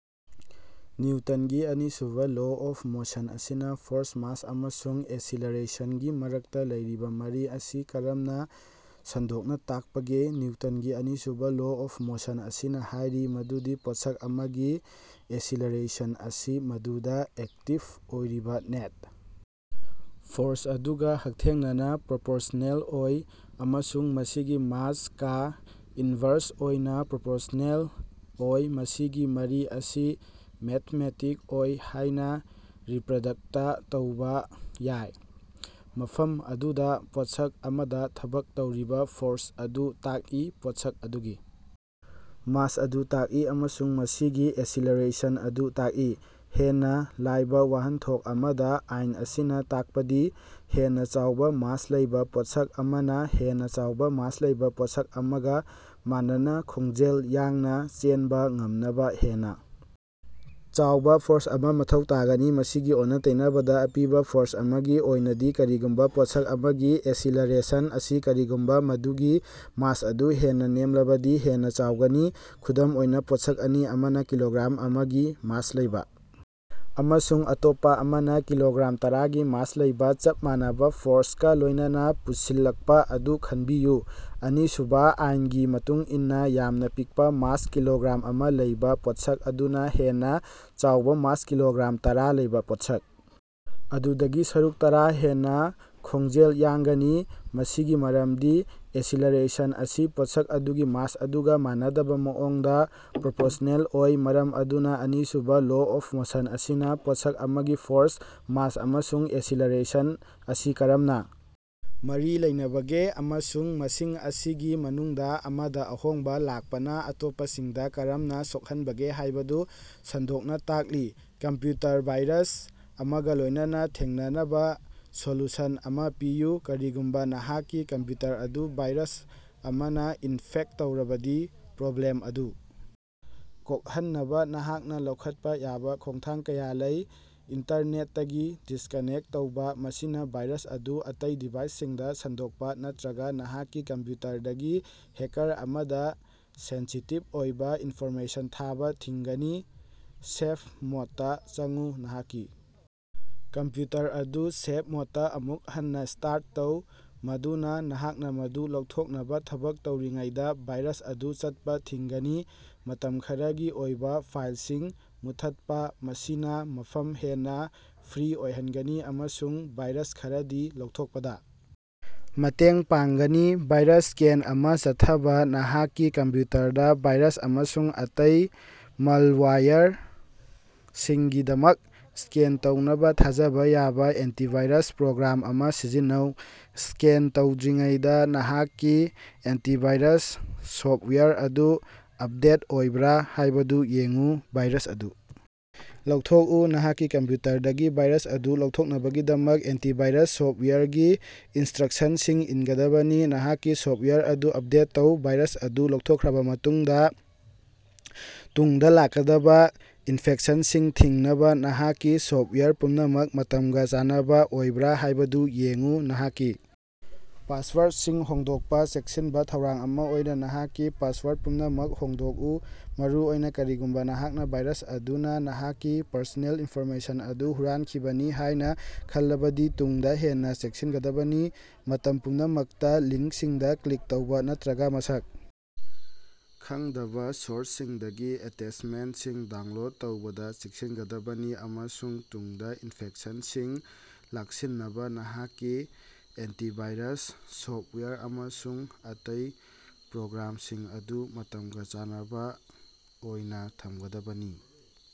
ꯅꯤꯎꯇꯟꯒꯤ ꯑꯅꯤꯁꯨꯕ law of motion ꯑꯁꯤꯅ force, mass ꯑꯃꯁꯨꯡ ꯑꯦꯁꯤꯂꯔꯦꯁꯟꯒꯤ ꯃꯔꯛꯇ ꯂꯩꯔꯤꯕ ꯃꯔꯤ ꯑꯁꯤ ꯀꯔꯝꯅ ꯁꯟꯗꯣꯛꯅ ꯇꯥꯛꯄꯒꯦ? ꯅꯤꯎꯇꯟꯒꯤ ꯑꯅꯤꯁꯨꯕ ꯂꯣ ꯑꯣꯐ ꯃꯣꯁꯟ ꯑꯁꯤꯅ ꯍꯥꯏꯔꯤ ꯃꯗꯨꯗꯤ ꯄꯣꯠꯁꯛ ꯑꯃꯒꯤ ꯑꯦꯁꯤꯂꯔꯦꯁꯟ ꯑꯁꯤ ꯃꯗꯨꯗ ꯑꯦꯛꯇꯤꯕ ꯑꯣꯏꯔꯤꯕ ꯅꯦꯠ ꯐꯣꯔꯁ ꯑꯗꯨꯒ ꯍꯛꯊꯦꯡꯅꯅ ꯄ꯭ꯔꯣꯄꯣꯔꯁ꯭ꯅꯦꯜ ꯑꯣꯏ ꯑꯃꯁꯨꯡ ꯃꯁꯤꯒꯤ ꯃꯥꯁ ꯀꯥ ꯏꯟꯕꯔꯁ ꯑꯣꯏꯅ ꯄ꯭ꯔꯣꯄꯣꯔꯁ꯭ꯑꯦꯜ ꯑꯣꯏ꯫ ꯃꯁꯤꯒꯤ ꯃꯔꯤ ꯑꯁꯤ ꯃꯦꯊꯃꯦꯇꯤꯛ ꯑꯣꯏ ꯍꯥꯏꯅ ꯔꯤꯄꯔꯗꯛꯇ ꯇꯧꯕ ꯌꯥꯏ, ꯃꯐꯝ ꯑꯗꯨꯗ ꯄꯣꯠꯁꯛ ꯑꯃꯗ ꯊꯕꯛ ꯇꯧꯔꯤꯕ ꯐꯣꯔꯁ ꯑꯗꯨ ꯇꯥꯛꯏ, ꯄꯣꯠꯁꯛ ꯑꯗꯨꯒꯤ ꯃꯥꯁ ꯑꯗꯨ ꯇꯥꯛꯏ, ꯑꯃꯁꯨꯡ ꯃꯁꯤꯒꯤ ꯑꯦꯁꯤꯂꯔꯦꯁꯟ ꯑꯗꯨ ꯇꯥꯛꯏ꯫ ꯍꯦꯟꯅ ꯂꯥꯏꯕ ꯋꯥꯍꯟꯊꯣꯛ ꯑꯃꯗ, ꯑꯥꯏꯟ ꯑꯁꯤꯅ ꯇꯥꯛꯄꯗꯤ ꯍꯦꯟꯅ ꯆꯥꯎꯕ ꯃꯥꯁ ꯂꯩꯕ ꯄꯣꯠꯁꯛ ꯑꯃꯅ ꯍꯦꯟꯅ ꯆꯥꯎꯕ ꯃꯥꯁ ꯂꯩꯕ ꯄꯣꯠꯁꯛ ꯑꯃꯒ ꯃꯥꯟꯅꯅ ꯈꯣꯡꯖꯦꯜ ꯌꯥꯡꯅ ꯆꯦꯟꯕ ꯉꯝꯅꯕ ꯍꯦꯟꯅ ꯆꯥꯎꯕ ꯐꯣꯔꯁ ꯑꯃ ꯃꯊꯧ ꯇꯥꯒꯅꯤ꯫ ꯃꯁꯤꯒꯤ ꯑꯣꯟꯅ-ꯇꯩꯅꯕꯗ, ꯑꯄꯤꯕ ꯐꯣꯔꯁ ꯑꯃꯒꯤ ꯑꯣꯏꯅꯗꯤ, ꯀꯔꯤꯒꯨꯝꯕ ꯄꯣꯠꯁꯛ ꯑꯃꯒꯤ ꯑꯦꯁꯤꯂꯔꯦꯁꯟ ꯑꯁꯤ ꯀꯔꯤꯒꯨꯝꯕ ꯃꯗꯨꯒꯤ ꯃꯥꯁ ꯑꯗꯨ ꯍꯦꯟꯅ ꯅꯦꯝꯂꯕꯗꯤ ꯍꯦꯟꯅ ꯆꯥꯎꯒꯅꯤ꯫ ꯈꯨꯗꯝ ꯑꯣꯏꯅ, ꯄꯣꯠꯁꯛ ꯑꯅꯤ, ꯑꯃꯅ ꯀꯤꯂꯣꯒ꯭ꯔꯥꯝ ꯑꯃꯒꯤ ꯃꯥꯁ ꯂꯩꯕ ꯑꯃꯁꯨꯡ ꯑꯇꯣꯞꯄ ꯑꯃꯅ ꯀꯤꯂꯣꯒ꯭ꯔꯥꯝ ꯇꯔꯥꯒꯤ ꯃꯥꯁ ꯂꯩꯕ, ꯆꯞ ꯃꯥꯟꯅꯕ ꯐꯣꯔꯁꯀ ꯂꯣꯏꯅꯅ ꯄꯨꯁꯤꯜꯂꯛꯄ ꯑꯗꯨ ꯈꯟꯕꯤꯌꯨ꯫ ꯑꯅꯤꯁꯨꯕ ꯑꯥꯏꯟꯒꯤ ꯃꯇꯨꯡ ꯏꯟꯅ, ꯌꯥꯝꯅ ꯄꯤꯛꯄ ꯃꯥꯁ ꯀꯤꯂꯣꯒ꯭ꯔꯥꯝ ꯑꯃ ꯂꯩꯕ ꯄꯣꯠꯁꯛ ꯑꯗꯨꯅ ꯍꯦꯟꯅ ꯆꯥꯎꯕ ꯃꯥꯁ ꯀꯤꯂꯣꯒ꯭ꯔꯥꯝ ꯇꯔꯥ ꯂꯩꯕ ꯄꯣꯠꯁꯛ ꯑꯗꯨꯗꯒꯤ ꯁꯔꯨꯛ ꯇꯔ ꯍꯦꯟꯅ ꯈꯣꯡꯖꯦꯜ ꯌꯥꯡꯒꯅꯤ꯫ ꯃꯁꯤꯒꯤ ꯃꯔꯝꯗꯤ ꯑꯦꯁꯤꯂꯔꯦꯁꯟ ꯑꯁꯤ ꯄꯣꯠꯁꯛ ꯑꯗꯨꯒꯤ ꯃꯥꯁ ꯑꯗꯨꯒ ꯃꯥꯟꯅꯗꯕ ꯃꯑꯣꯡꯗ ꯄ꯭ꯔꯣꯄꯣꯔꯁ꯭ꯅꯦꯜ ꯑꯣꯏ꯫ ꯃꯔꯝ ꯑꯗꯨꯅ ꯑꯅꯤꯁꯨꯕ ꯂꯣ ꯑꯣꯐ ꯃꯣꯁꯟ ꯑꯁꯤꯅ ꯄꯣꯠꯁꯛ ꯑꯃꯒꯤ ꯐꯣꯔꯁ, ꯃꯥꯁ ꯑꯃꯁꯨꯡ ꯑꯦꯁꯤꯂꯔꯦꯁꯟ ꯑꯁꯤ ꯀꯔꯝꯅ ꯃꯔꯤ ꯂꯩꯅꯕꯒꯦ ꯑꯃꯁꯨꯡ ꯃꯁꯤꯡ ꯑꯁꯤꯒꯤ ꯃꯅꯨꯡꯗ ꯑꯃꯗ ꯑꯍꯣꯡꯕ ꯂꯥꯛꯄꯅ ꯑꯇꯣꯞꯄꯁꯤꯡꯗ ꯀꯔꯝꯅ ꯁꯣꯛꯍꯟꯕꯒꯦ ꯍꯥꯏꯕꯗꯨ ꯁꯟꯗꯣꯛꯅ ꯇꯥꯛꯂꯤ꯫ ꯀꯝꯄ꯭ꯌꯨꯇꯔ ꯚꯥꯏꯔꯁ ꯑꯃꯒ ꯂꯣꯏꯅꯅ ꯊꯦꯡꯅꯅꯕ ꯁꯣꯂꯨꯁꯟ ꯑꯃ ꯄꯤꯌꯨ꯫ ꯀꯔꯤꯒꯨꯝꯕ ꯅꯍꯥꯛꯀꯤ ꯀꯝꯄ꯭ꯌꯨꯇꯔ ꯑꯗꯨ ꯚꯥꯏꯔꯁ ꯑꯃꯅ ꯏꯟꯐꯦꯛꯇ ꯇꯧꯔꯕꯗꯤ, ꯄ꯭ꯔꯣꯕ꯭ꯂꯦꯝ ꯑꯗꯨ ꯀꯣꯛꯍꯟꯅꯕ ꯅꯍꯥꯛꯅ ꯂꯧꯈꯠꯄ ꯌꯥꯕ ꯈꯣꯡꯊꯥꯡ ꯀꯌꯥ ꯂꯩ - ꯏꯟꯇꯔꯅꯦꯠꯇꯒꯤ ꯗꯤꯁꯀꯥꯅꯦꯛꯇ ꯇꯧꯕ - ꯃꯁꯤꯅ ꯚꯥꯏꯔꯁ ꯑꯗꯨ ꯑꯇꯩ ꯗꯤꯚꯥꯏꯁꯁꯤꯡꯗ ꯁꯟꯗꯣꯛꯄ ꯅꯠꯇꯔꯒ ꯅꯍꯥꯛꯀꯤ ꯀꯝꯄ꯭ꯌꯨꯇꯔꯗꯒꯤ ꯍꯦꯀꯥꯔ ꯑꯃꯗ ꯁꯦꯟꯁꯤꯇꯤꯚ ꯑꯣꯏꯕ ꯏꯟꯐꯣꯔꯃꯦꯁꯟ ꯊꯥꯕ ꯊꯤꯡꯒꯅꯤ꯫ ꯁꯦꯐ ꯃꯣꯗꯇꯥ ꯆꯪꯎ - ꯅꯍꯥꯛꯀꯤ ꯀꯝꯄ꯭ꯌꯨꯇꯔ ꯑꯗꯨ ꯁꯦꯐ ꯃꯣꯗꯇꯥ ꯑꯃꯨꯛ ꯍꯟꯅ ꯁ꯭ꯇꯥꯔꯠ ꯇꯧ, ꯃꯗꯨꯅ ꯅꯍꯥꯛꯅ ꯃꯗꯨ ꯂꯧꯊꯣꯛꯅꯕ ꯊꯕꯛ ꯇꯧꯔꯤꯉꯩꯗ ꯚꯥꯏꯔꯁ ꯑꯗꯨ ꯆꯠꯄ ꯊꯤꯡꯒꯅꯤ꯫ ꯃꯇꯝ ꯈꯔꯒꯤ ꯑꯣꯏꯕ ꯐꯥꯏꯜꯁꯤꯡ ꯃꯨꯠꯊꯠꯄ - ꯃꯁꯤꯅ ꯃꯐꯝ ꯍꯦꯟꯅ ꯐ꯭ꯔꯤ ꯑꯣꯏꯍꯟꯒꯅꯤ ꯑꯃꯁꯨꯡ ꯚꯥꯏꯔꯁ ꯈꯔꯗꯤ ꯂꯧꯊꯣꯛꯄꯗ ꯃꯇꯦꯡ ꯄꯥꯡꯒꯅꯤ꯫ ꯚꯥꯏꯔꯁ ꯁ꯭ꯀꯦꯟ ꯑꯃ ꯆꯠꯊꯕ - ꯅꯍꯥꯛꯀꯤ ꯀꯝꯄ꯭ꯌꯨꯇꯔꯗ ꯚꯥꯏꯔꯁ ꯑꯃꯁꯨꯡ ꯑꯇꯩ ꯃꯥꯜꯋꯥꯌꯔꯁꯤꯡꯒꯤꯗꯃꯛ ꯁ꯭ꯀꯦꯟ ꯇꯧꯅꯕ ꯊꯥꯖꯕ ꯌꯥꯕ ꯑꯦꯟꯇꯤꯚꯥꯏꯔꯁ ꯄ꯭ꯔꯣꯒ꯭ꯔꯥꯝ ꯑꯃ ꯁꯤꯖꯤꯟꯅꯧ꯫ ꯁ꯭ꯀꯦꯟ ꯇꯧꯗ꯭ꯔꯤꯉꯩꯗ ꯅꯍꯥꯛꯀꯤ ꯑꯦꯟꯇꯤꯚꯥꯏꯔꯁ ꯁꯣꯐ꯭ꯇꯋꯥꯌꯔ ꯑꯗꯨ ꯑꯞꯗꯦꯠ ꯑꯣꯏꯕ꯭ꯔꯥ ꯍꯥꯏꯕꯗꯨ ꯌꯦꯡꯎ꯫ ꯚꯥꯏꯔꯁ ꯑꯗꯨ ꯂꯧꯊꯣꯛꯎ -ꯅꯍꯥꯛꯀꯤ ꯀꯝꯄ꯭ꯌꯨꯇꯔꯗꯒꯤ ꯚꯥꯏꯔꯁ ꯑꯗꯨ ꯂꯧꯊꯣꯛꯅꯕꯒꯤꯗꯃꯛ ꯑꯦꯟꯇꯤꯚꯥꯏꯔꯁ ꯁꯣꯐ꯭ꯇꯋꯥꯌꯔꯒꯤ ꯏꯟꯁꯇ꯭ꯔꯛꯁꯟꯁꯤꯡ ꯏꯟꯒꯗꯕꯅꯤ꯫ ꯅꯍꯥꯛꯀꯤ ꯁꯣꯐ꯭ꯇꯋꯥꯌꯔ ꯑꯗꯨ ꯑꯞꯗꯦꯠ ꯇꯧ - ꯚꯥꯏꯔꯁ ꯑꯗꯨ ꯂꯧꯊꯣꯛꯈ꯭ꯔꯕ ꯃꯇꯨꯡꯗ, ꯇꯨꯡꯗ ꯂꯥꯛꯀꯗꯕ ꯏꯟꯐꯦꯛꯁꯟꯁꯤꯡ ꯊꯤꯡꯅꯕ ꯅꯍꯥꯛꯀꯤ ꯁꯣꯐ꯭ꯇꯋꯥꯌꯔ ꯄꯨꯝꯅꯃꯛ ꯃꯇꯝꯒ ꯆꯥꯟꯅꯕ ꯑꯣꯏꯕ꯭ꯔꯥ ꯍꯥꯏꯕꯗꯨ ꯌꯦꯡꯎ꯫ ꯅꯍꯥꯛꯀꯤ ꯄꯥꯁꯋꯥꯔꯗꯁꯤꯡ ꯍꯣꯡꯗꯣꯛꯄ - ꯆꯦꯛꯁꯤꯟ ꯊꯧꯔꯥꯡ ꯑꯃ ꯑꯣꯏꯅ ꯅꯍꯥꯛꯀꯤ ꯄꯥꯁꯋꯥꯔꯗ ꯄꯨꯝꯅꯃꯛ ꯍꯣꯡꯗꯣꯛꯎ, ꯃꯔꯨꯑꯣꯏꯅ ꯀꯔꯤꯒꯨꯝꯕ ꯅꯍꯥꯛꯅ ꯚꯥꯏꯔꯁ ꯑꯗꯨꯅ ꯅꯍꯥꯛꯀꯤ ꯄꯔꯁꯣꯅꯦꯜ ꯏꯟꯐꯣꯔꯃꯦꯁꯟ ꯑꯗꯨ ꯍꯨꯔꯥꯟꯈꯤꯕꯅꯤ ꯍꯥꯏꯅ ꯈꯜꯂꯕꯗꯤ, ꯇꯨꯡꯗ ꯍꯦꯟꯅ ꯆꯦꯛꯁꯤꯟꯒꯗꯕꯅꯤ꯫ ꯃꯇꯝ ꯄꯨꯝꯅꯃꯛꯇ ꯂꯤꯡ꯭ꯀꯁꯤꯡꯗ ꯀ꯭ꯂꯤꯛ ꯇꯧꯕ ꯅꯠꯇ꯭ꯔꯒ ꯃꯁꯛ ꯈꯪꯗꯕ ꯁꯣꯔꯁꯁꯤꯡꯗꯒꯤ ꯑꯦꯇꯦꯆꯃꯦꯟꯇꯁꯤꯡ ꯗꯥꯎꯟꯂꯣꯗ ꯇꯧꯕꯗ ꯆꯦꯛꯁꯤꯟꯒꯗꯕꯅꯤ, ꯑꯃꯁꯨꯡ ꯇꯨꯡꯗ ꯏꯟꯐꯦꯛꯁꯟꯁꯤꯡ ꯂꯥꯛꯁꯤꯟꯅꯕ ꯅꯍꯥꯛꯀꯤ ꯑꯦꯟꯇꯤꯚꯥꯏꯔꯁ ꯁꯣꯐ꯭ꯇꯋꯥꯌꯔ ꯑꯃꯁꯨꯡ ꯑꯇꯩ ꯄ꯭ꯔꯣꯒ꯭ꯔꯥꯝꯁꯤꯡ ꯑꯗꯨ ꯃꯇꯝꯒ ꯆꯥꯟꯅꯕ ꯑꯣꯏꯅ ꯊꯝꯒꯗꯕꯅꯤ꯫